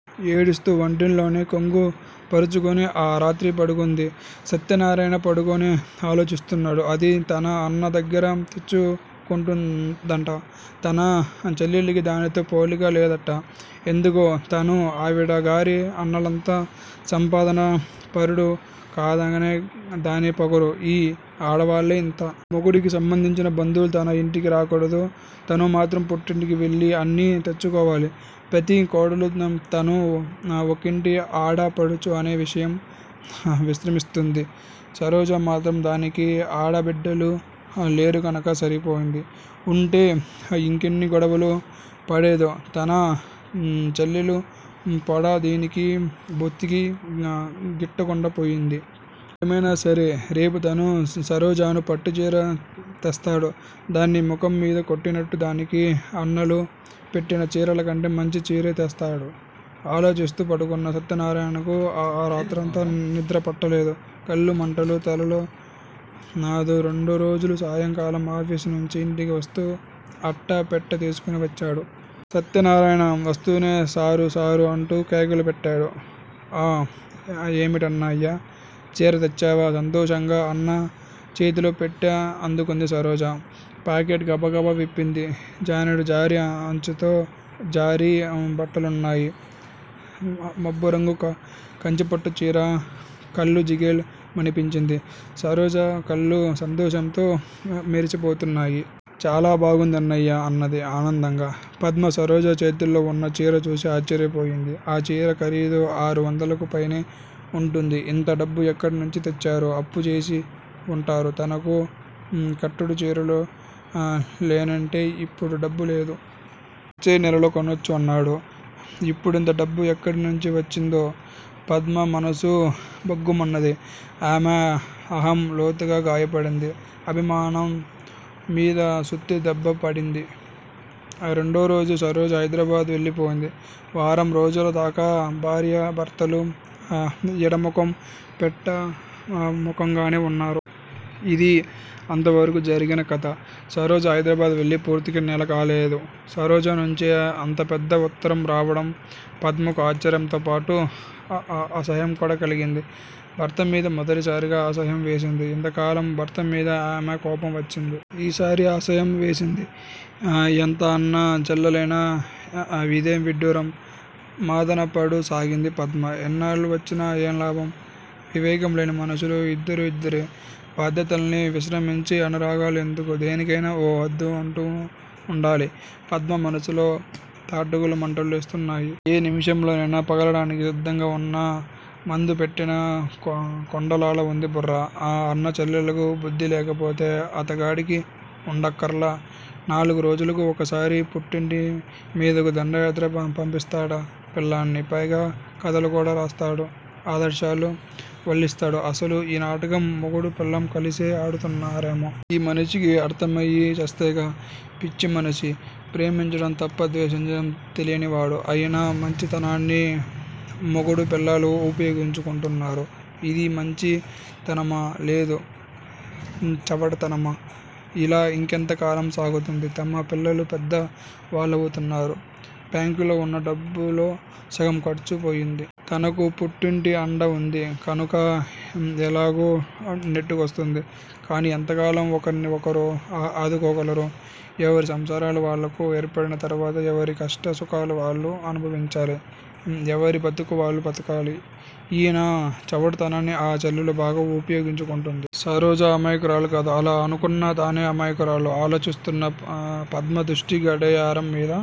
ఏడుస్తూ వంటింల్లోనే కొంగు పరచుకొని ఆ రాత్రి పడుకుంది. సత్యనారాయణ పడుకొని ఆలోచిస్తున్నాడు. అది తన అన్న దగ్గర తెచ్చుకుంటుందంట, తన చెల్లెలికి దానితో పోలిక లేదట. ఎందుకో? తను ఆవిడ గారి అన్నలంత సంపాదనా పరుడు కాదనేగా దాని పొగరు? ఈ ఆడవాళ్ళే ఇంత! మొగుడికి సంబంధించిన బంధువులు తన ఇంటికి రాకూడదు. తను మాత్రం పుట్టింటికి వెళ్ళి అన్నీ తెచ్చుకోవాలి. ప్రతి కోడలూ తనూ ఒకింటి ఆడపడుచు అనే విషయం విశ్రమిస్తుంది. సరోజ మాత్రం? దానికి ఆడ బిడ్డలు లేరుగనుక సరిపోయింది. ఉంటే ఇంకెన్ని గొడవలు పడేదో? తన చెల్లెలు పోడ దీనికి బొత్తిగా గిట్టకుండా పోయింది. ఏమైనా సరే రేపు తను సరోజను పట్టుచీర తెస్తాడు. దాని ముఖం మీద కొట్టినట్టు, దానికి అన్నలు పెట్టిన చీరల కంటే మంచి చీరే తెస్తాడు. ఆలోచిస్తూ పడుకున్న సత్యనారాయణకు ఆరాత్రంతా నిద్ర పట్టలేదు కళ్ళు మంటలు. తలలో నాదు. రెండో రోజు సాయంకాలం ఆఫీసు నుంచి ఇంటికి వస్తూ అట్ట పెట్టె తీసుకొని వచ్చాడు. సత్యనారాయణ. వస్తూనే సరూ! సరూ! అంటూ కేకలు పెట్టాడు. ఆఁ ఏమిటన్నయ్యా? చీర తెచ్చావా? సంతోషంగా అన్న చేతిలో పెట్టె అందుకుంది సరోజ. పాకెట్ గబగబా విప్పింది. జానెడు జారీ అంచుతో, జారీ బుట్టాలువున్న మబ్బురంగు కంచిపట్టు చీర. కళ్ళు జిగేల్ మనిపించింది. సరోజ కళ్ళు సంతోషంతో మెరిసిపోతున్నాయి. చాలా బాగుంది అన్నయ్యా! అన్నది ఆనందంగా. పద్మ సరోజ చేతుల్లో వున్న చీర చూసి ఆశ్చర్యపోయింది. ఆ చీర ఖరీదు ఆరు వందలకు పైనే వుంటుంది. ఇంత డబ్బు ఎక్కడ నుంచి తెచ్చారు? అప్పు చేసి వుంటాడు. తనకు కట్టుడు చీరలు లేనంటే ఇప్పుడు డబ్బు లేదు. వచ్చే నెలలో కొనుక్కో అన్నాడు! ఇప్పుడింత డబ్బు ఎక్కడి నుంచి వచ్చిందో? పద్మ మనసు భగ్గుమన్నది. ఆమె అహం లోతుగా గాయపడింది. అభిమానం మీద సుత్తి దెబ్బ పడింది! రెండో రోజు సరోజ హైదరాబాద్ వెళ్ళిపోయింది. వారం రోజుల దాకా భార్యా భర్తలు ఎడముఖం పెడ ముఖంగానే వున్నారు! ఇదీ అంతవరకు జరిగిన కధ! సరోజ హైదరాబాద్ వెళ్ళి పూర్తిగా నెల కాలేదు! సరోజ నుంచి అంత పెద్ద ఉత్తరం రావడం పద్మకు ఆశ్చర్యంతో పాటు, అసహ్యం కూడా కలిగింది, భర్త మీద మొదటిసారిగా అసహ్యం వేసింది! ఇంత కాలం భర్త మీద ఆమె కోపం వచ్చింది! ఈసారి అసహ్యం వేసింది. ఎంత అన్నా చెళ్ళెలైణా ఇదేం విడ్డూరం. మధన పడు సాగింది పద్మ! ఎన్నేళ్ళు వచ్చినా ఏం లాభం! వివేకం లేని మనుషులు! ఇద్దరూ ఇద్దరే! బాధ్యతల్ని విస్మరించే అనురాగాలు ఎందుకు? దేనికైనా ఓ హద్దు అంటూ వుండాలి! పద్మ మనసులో తటకులు మంటలు లేస్తునాయ్! ఏ నిమిషంలోనైనా పగలటానికి సిద్ధంగా వున్న మందు పెట్టిన కొండలాలా వుంది బుర్ర! ఆ అన్న చెల్లెళ్ళకు బుద్ధి లేకపోతే అతగాడికి వుండక్కర్లా? నాలుగు రోజులకు ఒకసారి పుట్టింటి మీదకు దండయాత్ర పంపిస్తాడా పెళ్ళాన్ని? పైగా కధలు కూడా రాస్తాడు! ఆదర్శాలు వల్లిస్తాడు! అసలు ఈ నాటకం మొగుడూ పెళ్ళాం కలిసే ఆడుతున్నా రేమో? ఈ మనిషికి అర్థం అయి చస్తేగా! పిచ్చి మనిషి! ప్రేమించడం తప్ప ద్వేషించడం తెలియనివాడు! ఆయన మంచితనాన్ని మొగుడూ పెళ్ళాలు ఉపయోగించుకుంటున్నారు! ఇది మంచి తనమా? లేదు. చవటతనమా! ఇలా ఇంకెంత కాలం సాగుతుంది? తమ పిల్లలూ పెద్ద వాళ్ళవుతున్నారు! బ్యాంకులో వున్న డబ్బులో సగం ఖర్చు పోయింది! తనకు పుట్టింటి అండ వుంది! కనుక ఎలాగో నెట్టుకొస్తుంది! కానీ ఎంతకాలం ఒకర్ని ఒకరు ఆదుకోగలరు? ఎవరి సంసారాలు వాళ్ళకు ఏర్పడిన తర్వాత ఎవరి కష్ట సుఖాలు వాళ్ళు అనుభవించాలి! ఎవరి బ్రతుకు వాళ్ళు బ్రతకాలి! ఈయన చవట తనాన్ని ఆ చెల్లెలు బాగా ఉపయోగించుకుంటోంది! సరోజ అమాయకురాలుకాదు! అలా అనుకున్న తనే అమాయకురాలు. ఆలోచిస్తున్న పద్మ దృష్టి గడియారం మీద